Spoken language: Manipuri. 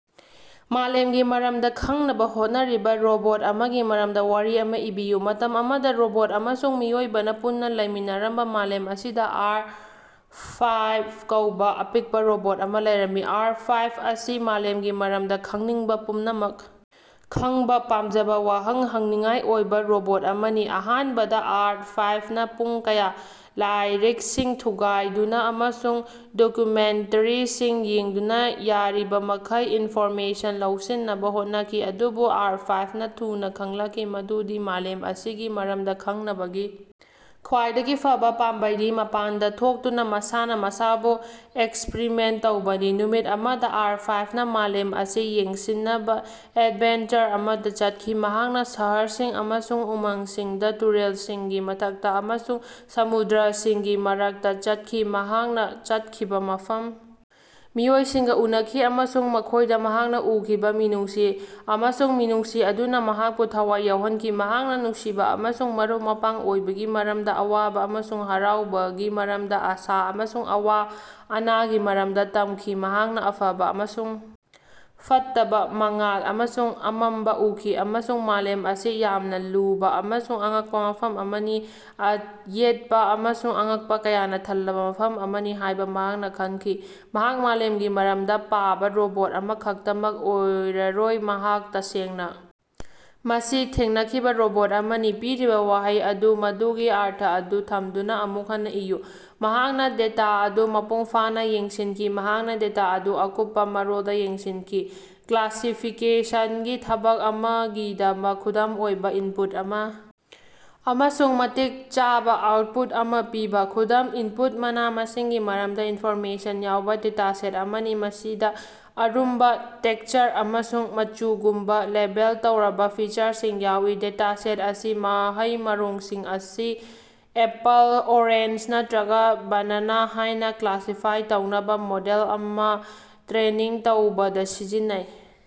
ꯃꯥꯂꯦꯝꯒꯤ ꯃꯔꯝꯗ ꯈꯪꯅꯕ ꯍꯣꯠꯅꯔꯤꯕ ꯔꯣꯕꯣꯠ ꯑꯃꯒꯤ ꯃꯔꯝꯗ ꯋꯥꯔꯤ ꯑꯃ ꯏꯕꯤꯌꯨ꯫ ꯃꯇꯝ ꯑꯃꯗ ꯔꯣꯕꯣꯠ ꯑꯃꯁꯨꯡ ꯃꯤꯑꯣꯏꯕꯅ ꯄꯨꯟꯅ ꯂꯩꯃꯤꯟꯅꯔꯝꯕ ꯃꯥꯂꯦꯝ ꯑꯁꯤꯗ ꯑꯥꯔ ꯐꯥꯏꯞ ꯀꯧꯕ ꯑꯄꯤꯛꯄ ꯔꯣꯕꯣꯠ ꯑꯃ ꯂꯩꯔꯝꯃꯤ꯫ ꯑꯥꯔ ꯐꯥꯏꯞ ꯑꯁꯤ ꯃꯥꯂꯦꯝꯒꯤ ꯃꯔꯝꯗ ꯈꯪꯅꯤꯡꯕ ꯄꯨꯝꯅꯃꯛ ꯈꯪꯕ ꯄꯥꯝꯖꯕ ꯋꯥꯍꯪ ꯍꯪꯅꯤꯡꯉꯥꯏ ꯑꯣꯏꯕ ꯔꯣꯕꯣꯠ ꯑꯃꯅꯤ꯫ ꯑꯍꯥꯟꯕꯗ ꯑꯥꯔ ꯐꯥꯏꯞ ꯅ ꯄꯨꯡ ꯀꯌꯥ ꯂꯥꯏꯔꯤꯛꯁꯤꯡ ꯊꯨꯒꯥꯏꯗꯨꯅ ꯑꯃꯁꯨꯡ ꯗꯣꯀꯨꯃꯦꯟꯇꯔꯤꯁꯤꯡ ꯌꯦꯡꯗꯨꯅ ꯌꯥꯔꯤꯕꯃꯈꯩ ꯏꯟꯐꯣꯔꯃꯦꯁꯟ ꯂꯧꯁꯤꯟꯅꯕ ꯍꯣꯠꯅꯈꯤ꯫ ꯑꯗꯨꯕꯨ ꯑꯥꯔ ꯐꯥꯏꯞ ꯅ ꯊꯨꯅ ꯈꯪꯂꯛꯈꯤ ꯃꯗꯨꯗꯤ ꯃꯥꯂꯦꯝ ꯑꯁꯤꯒꯤ ꯃꯔꯝꯗ ꯈꯪꯅꯕꯒꯤ ꯈ꯭ꯋꯥꯏꯗꯒꯤ ꯐꯕ ꯄꯥꯝꯕꯩꯗꯤ ꯃꯄꯥꯟꯗ ꯊꯣꯛꯇꯨꯅ ꯃꯁꯥꯅ ꯃꯁꯥꯕꯨ ꯑꯦꯛꯁꯄꯔꯤꯃꯦꯟ ꯇꯧꯕꯅꯤ꯫ ꯅꯨꯃꯤꯠ ꯑꯃꯗ ꯑꯥꯔ ꯐꯥꯏꯞ ꯅ ꯃꯥꯂꯦꯝ ꯑꯁꯤ ꯌꯦꯡꯁꯤꯟꯅꯕ ꯑꯦꯠꯚꯦꯟꯆꯔ ꯑꯃꯗ ꯆꯠꯈꯤ꯫ ꯃꯍꯥꯛꯅ ꯁꯍꯔꯁꯤꯡ ꯑꯃꯁꯨꯡ ꯎꯃꯪꯁꯤꯡꯗ ꯇꯨꯔꯦꯜꯁꯤꯡꯒꯤ ꯃꯊꯛꯇ ꯑꯃꯁꯨꯡ ꯁꯃꯨꯗ꯭ꯔꯥꯁꯤꯡꯒꯤ ꯃꯔꯛꯇ ꯆꯠꯈꯤ꯫ ꯃꯍꯥꯛꯅ ꯆꯠꯈꯤꯕ ꯃꯐꯝ ꯃꯤꯑꯣꯏꯁꯤꯡꯒ ꯎꯅꯈꯤ ꯑꯃꯁꯨꯡ ꯃꯈꯣꯏꯗ ꯃꯍꯥꯛꯅ ꯎꯈꯤꯕ ꯃꯤꯅꯨꯡꯁꯤ ꯑꯃꯁꯨꯡ ꯃꯤꯅꯨꯡꯁꯤ ꯑꯗꯨꯅ ꯃꯍꯥꯛꯄꯨ ꯊꯋꯥꯏ ꯌꯥꯎꯍꯟꯈꯤ꯫ ꯃꯍꯥꯛꯅ ꯅꯨꯡꯁꯤꯕ ꯑꯃꯁꯨꯡ ꯃꯔꯨꯞ ꯃꯄꯥꯡ ꯑꯣꯏꯕꯒꯤ ꯃꯔꯝꯗ ꯑꯋꯥꯕ ꯑꯃꯁꯨꯡ ꯍꯔꯥꯎꯕꯒꯤ ꯃꯔꯝꯗ ꯑꯥꯁꯥ ꯑꯃꯁꯨꯡ ꯑꯋꯥ ꯑꯅꯥꯒꯤ ꯃꯔꯝꯗ ꯇꯝꯈꯤ꯫ ꯃꯍꯥꯛꯅ ꯑꯐꯕ ꯑꯃꯁꯨꯡ ꯐꯠꯇꯕ ꯃꯉꯥꯜ ꯑꯃꯁꯨꯡ ꯑꯃꯝꯕ ꯎꯈꯤ ꯑꯃꯁꯨꯡ ꯃꯥꯂꯦꯝ ꯑꯁꯤ ꯌꯥꯝꯅ ꯂꯨꯕ ꯑꯃꯁꯨꯡ ꯑꯉꯛꯄ ꯃꯐꯝ ꯑꯃꯅꯤ ꯑꯌꯦꯠꯄ ꯑꯃꯁꯨꯡ ꯑꯉꯛꯄ ꯀꯌꯥꯅ ꯊꯜꯂꯕ ꯃꯐꯝ ꯑꯃꯅꯤ ꯍꯥꯏꯕ ꯃꯍꯥꯛꯅ ꯈꯪꯈꯤ꯫ ꯃꯍꯥꯛ ꯃꯥꯂꯦꯝꯒꯤ ꯃꯔꯝꯗ ꯄꯥꯕ ꯔꯣꯕꯣꯠ ꯑꯃꯈꯛꯇꯃꯛ ꯑꯣꯏꯔꯔꯣꯏ ꯃꯍꯥꯛ ꯇꯁꯦꯡꯅ ꯃꯁꯤ ꯊꯦꯡꯅꯈꯤꯕ ꯔꯣꯕꯣꯠ ꯑꯃꯅꯤ꯫ ꯄꯤꯔꯤꯕ ꯋꯥꯍꯩ ꯑꯗꯨ ꯃꯗꯨꯒꯤ ꯑꯔꯊ ꯑꯗꯨ ꯊꯝꯗꯨꯅ ꯑꯃꯨꯛ ꯍꯟꯅ ꯏꯌꯨ꯫ ꯃꯍꯥꯛꯅ ꯗꯦꯇ ꯑꯗꯨ ꯃꯄꯨꯡ ꯐꯥꯅ ꯌꯦꯡꯁꯤꯡꯈꯤ꯫ ꯃꯍꯥꯛꯅ ꯗꯦꯇ ꯑꯗꯨ ꯑꯀꯨꯞꯄ ꯃꯔꯣꯟꯗ ꯌꯦꯡꯁꯤꯟꯈꯤ꯫ ꯀꯂꯥꯁꯤꯐꯤꯀꯦꯁꯟꯒꯤ ꯊꯕꯛ ꯑꯃꯒꯤꯗꯃꯛ ꯈꯨꯗꯝ ꯑꯣꯏꯕ ꯏꯟꯄꯨꯠ ꯑꯃ ꯑꯃꯁꯨꯡ ꯃꯇꯤꯛ ꯆꯥꯕ ꯑꯥꯎꯠꯄꯨꯠ ꯑꯃ ꯄꯤꯕ꯫ ꯈꯨꯗꯝ ꯏꯟꯄꯨꯠ ꯃꯅꯥ ꯃꯁꯤꯡꯒꯤ ꯃꯔꯝꯗ ꯏꯟꯐꯣꯔꯃꯦꯁꯟ ꯌꯥꯎꯕ ꯗꯦꯇꯥꯁꯦꯠ ꯑꯃꯅꯤ ꯃꯁꯤꯗ ꯑꯔꯨꯝꯕ ꯇꯦꯛꯁꯆꯔ ꯑꯃꯁꯨꯡ ꯃꯆꯨꯒꯨꯝꯕ ꯂꯦꯕꯦꯜ ꯇꯧꯔꯕ ꯐꯤꯆꯔꯁꯤꯡ ꯌꯥꯎꯏ꯫ ꯗꯦꯇꯥꯁꯦꯠ ꯑꯁꯤ ꯃꯍꯩ ꯃꯔꯣꯡꯁꯤꯡ ꯑꯁꯤ ꯑꯦꯄꯜ ꯑꯣꯔꯦꯟꯖ ꯅꯠꯇꯔꯒ ꯕꯦꯅꯥꯅ ꯍꯥꯏꯅ ꯀꯂꯥꯁꯤꯐꯥꯏ ꯇꯧꯅꯕ ꯃꯣꯗꯦꯜ ꯑꯃ ꯇꯔꯦꯅꯤꯡ ꯇꯧꯕꯗ ꯁꯤꯖꯤꯟꯅꯩ꯫